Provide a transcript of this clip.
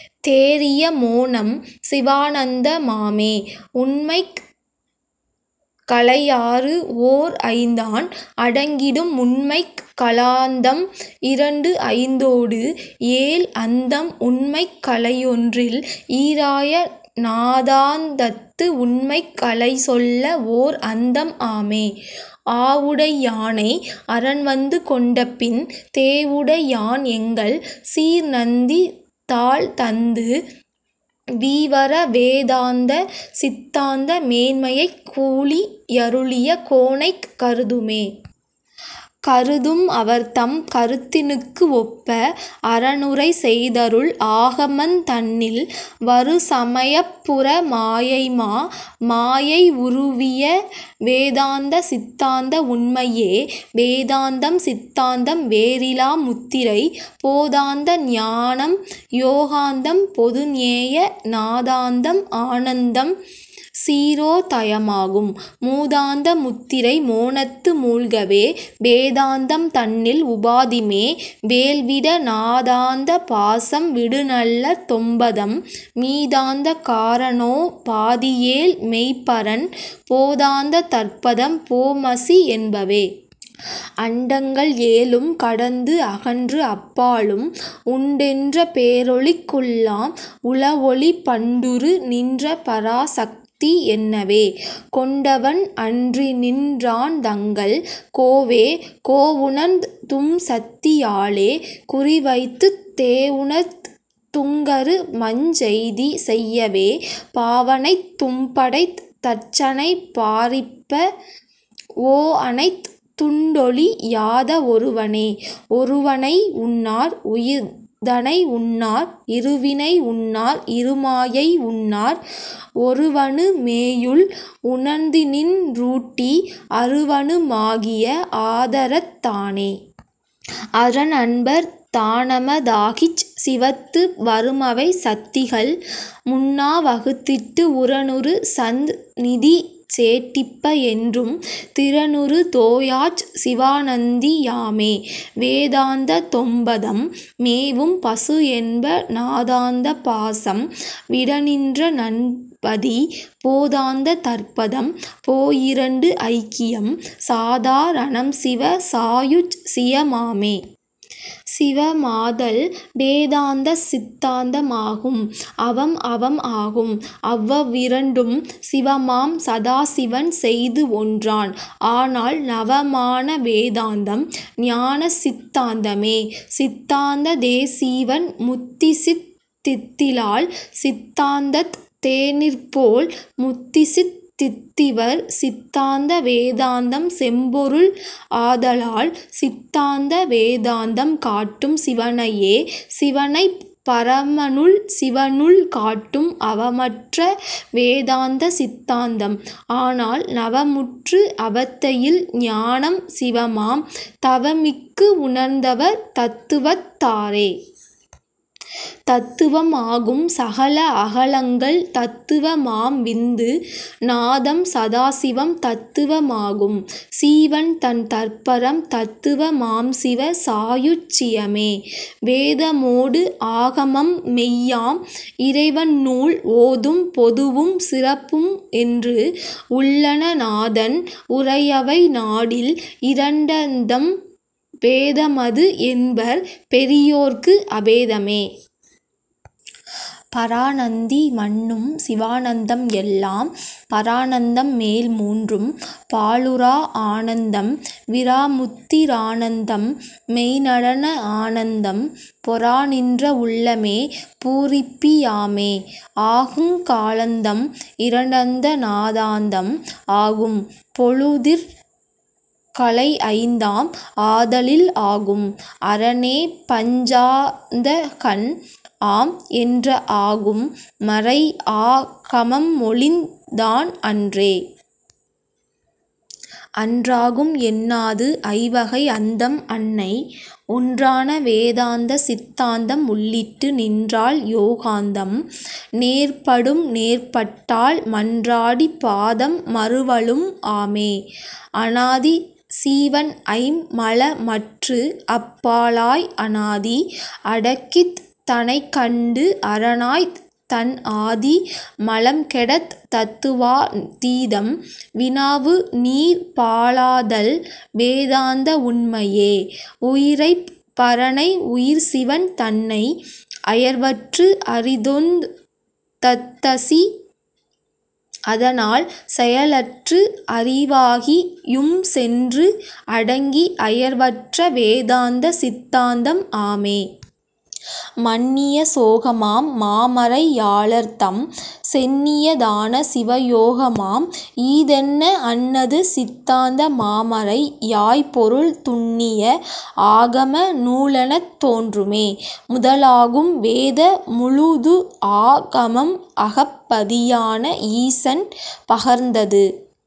தேறிய மோனம் சிவானந்த மாமே. உண்மைக் கலைஆறுஓர் ஐந்தான் அடங்கிடும் உண்மைக் கலாந்தம் இரண்டுஐந்தோடு ஏழ்அந்தம் உண்மைக் கலைஒன்றில் ஈறாய நாதாந்தத்து உண்மைக் கலைசொல்ல ஓர்அந்தம் ஆமே. ஆவுடை யானை அரன்வந்து கொண்டபின் தேவுடை யான்எங்கள் சீர்நந்தி தாள்தந்து வீவற வேதாந்த சித்தாந்த மேன்மையைக் கூளி யருளிய கோனைக் கருதுமே. கருதும் அவர்தம் கருத்தினுக்கு ஒப்ப அரனுரை செய்தருள் ஆகமந் தன்னில் வருசமயப் புற மாயைமா மாயை உருவிய வேதாந்த சித்தாந்த உண்மையே. வேதாந்தம் சித்தாந்தம் வேறிலா முத்திரை போதாந்த ஞானம் யோகாந்தம் பொதுஞேய நாதாந்தம் ஆனந்தம் சீரோ தயமாகும் மூதாந்த முத்திரை மோனத்து மூழ்கவே. வேதாந்தம் தன்னில் உபாதிமே வேழ்விட நாதாந்த பாசம் விடுநல்ல தொம்பதம் மீதாந்த காரணோ பாதியேழ் மெய்ப்பரன் போதாந்த தற்பதம் போமசி என்பவே. அண்டங்கள் ஏழும் கடந்துஅகன்று அப்பாலும் உண்டென்ற பேரொளிக் குள்ளாம் உளஒளி பண்டுறு நின்ற பராசக்தி என்னவே கொண்டவன் அன்றிநின் றான்தங்கள் கோவே. கோஉணர்ந் தும்சத்தி யாலே குறிவைத்துத் தேவுணர்த் துங்கரு மஞ்செய்தி செய்யவே பாவனைத் தும்படைத் தர்ச்சனை பாரிப்ப ஓஅனைத் துண்டுஒழி யாத ஒருவனே. ஒருவனை உன்னார் உயிர்தனை உன்னார் இருவினை உன்னார் இருமாயை உன்னார் ஒருவனு மேயுள் உணர்ந்திநின் றூட்டி அருவனு மாகிய ஆதரத் தானே. அரன்அன்பர் தானம தாகிச் சிவத்து வருமவை சத்திகள் முன்னா வகுத்திட்டு உரனுறு சந்நிதி சேட்டிப்ப என்றும் திரனுறு தோயாச் சிவாநந்தி யாமே. வேதாந்த தொம்பதம் மேவும் பசுஎன்ப நாதாந்த பாசம் விடநின்ற நன்பதி போதாந்த தற்பதம் போய்இரண்டு ஐக்கியம் சாதா ரணம்சிவ சாயுச் சிய மாமே. சிவமாதல் வேதாந்த சித்தாந்த மாகும் அவம்அவம் ஆகும் அவ்வவ் இரண்டும் சிவமாம் சதாசிவன் செய்துஒன்றான் ஆனால் நவமான வேதாந்தம் ஞானசித் தாந்தமே. சித்தாந்த தேசீவன் முத்திசித் தித்திலால் சித்தாந்தத் தேநிற்போர் முத்திசித் தித்திவர் சித்தாந்த வேதாந்தம் செம்பொருள் ஆதலால் சிந்தாந்த வேதாந்தம் காட்டும் சிவனையே. சிவனைப் பரமனுள் சீவனுள் காட்டும் அவமற்ற வேதாந்த சித்தாந்தம் ஆனால் நவமுற்று அவத்தையில் ஞானம் சிவமாம் தவமிக்கு உணர்ந்தவர் தத்துவத் தாரே. தத்துவம் ஆகும் சகள அகளங்கள் தத்துவ மாம்விந்து நாதம் சதாசிவம் தத்துவ மாகும் சீவன் தன் தற்பரம் தத்துவ மாம்சிவ சாயுச் சியமே. வேதமோடு ஆகமம் மெய்யாம் இறைவன்நூல் ஓதும் பொதுவும் சிறப்பும்என்று உள்ளன நாதன் உரையவை நாடில் இரண்டந்தம் பேதமது என்பர் பெரியோர்க்கு அபேதமே. பராநந்தி மன்னும் சிவானந்தம் எல்லாம் பரானந்தம் மேல்மூன்றும் பாழுறா ஆனந்தம் விராமுத்தி ரானந்தம் மெய்நடன ஆனந்தம் பொராநின்ற உள்ளமே பூரிப்பி யாமே. ஆகுங் கலாந்தம் இரண்டந்த நாதாந்தம் ஆகும் பொழுதிற் கலைஐந்தாம் ஆதலில் ஆகும் அரனேபஞ் சாந்தகன் ஆம் என்ற ஆகும் மறைஆ கமம்மொழிந் தான்அன்றே. அன்றாகும் என்னாதுஐ வகைஅந்தம் அன்னை ஒன்றான வேதாந்த சித்தாந்தம் உள்ளிட்டு நின்றால் யோகாந்தம் நேர்படும் நேர்பட்டால் மன்றாடி பாதம் மருவலும் ஆமே. அனாதி சீவன்ஐம் மலமற்றுஅப் பாலாய் அனாதி அடக்கித் தனைக்கண்டு அரனாய்த் தன்ஆதி மலம்கெடத் தத்துவா தீதம் வினாவுநீர் பாலாதல் வேதாந்த உண்மையே. உயிரைப் பரனை உயிர்சிவன் தன்னை அயர்வற்று அறிதொந் தத்தசி அதனால் செயலற்று அறிவாகி யும்சென்று அடங்கி அயர்வற்ற வேதாந்த சித்தாந்தம் ஆமே. மன்னிய சோகமாம் மாமறை யாளர்தம் சென்னிய தான சிவயோகமாம் ஈதென்ன அன்னது சித்தாந்த மாமறை யாய்பொருள் துன்னிய ஆகம நூலெனத் தோன்றுமே. முதலாகும் வேத முழுதுஆ கமம்அகப் பதியான ஈசன் பகர்ந்தது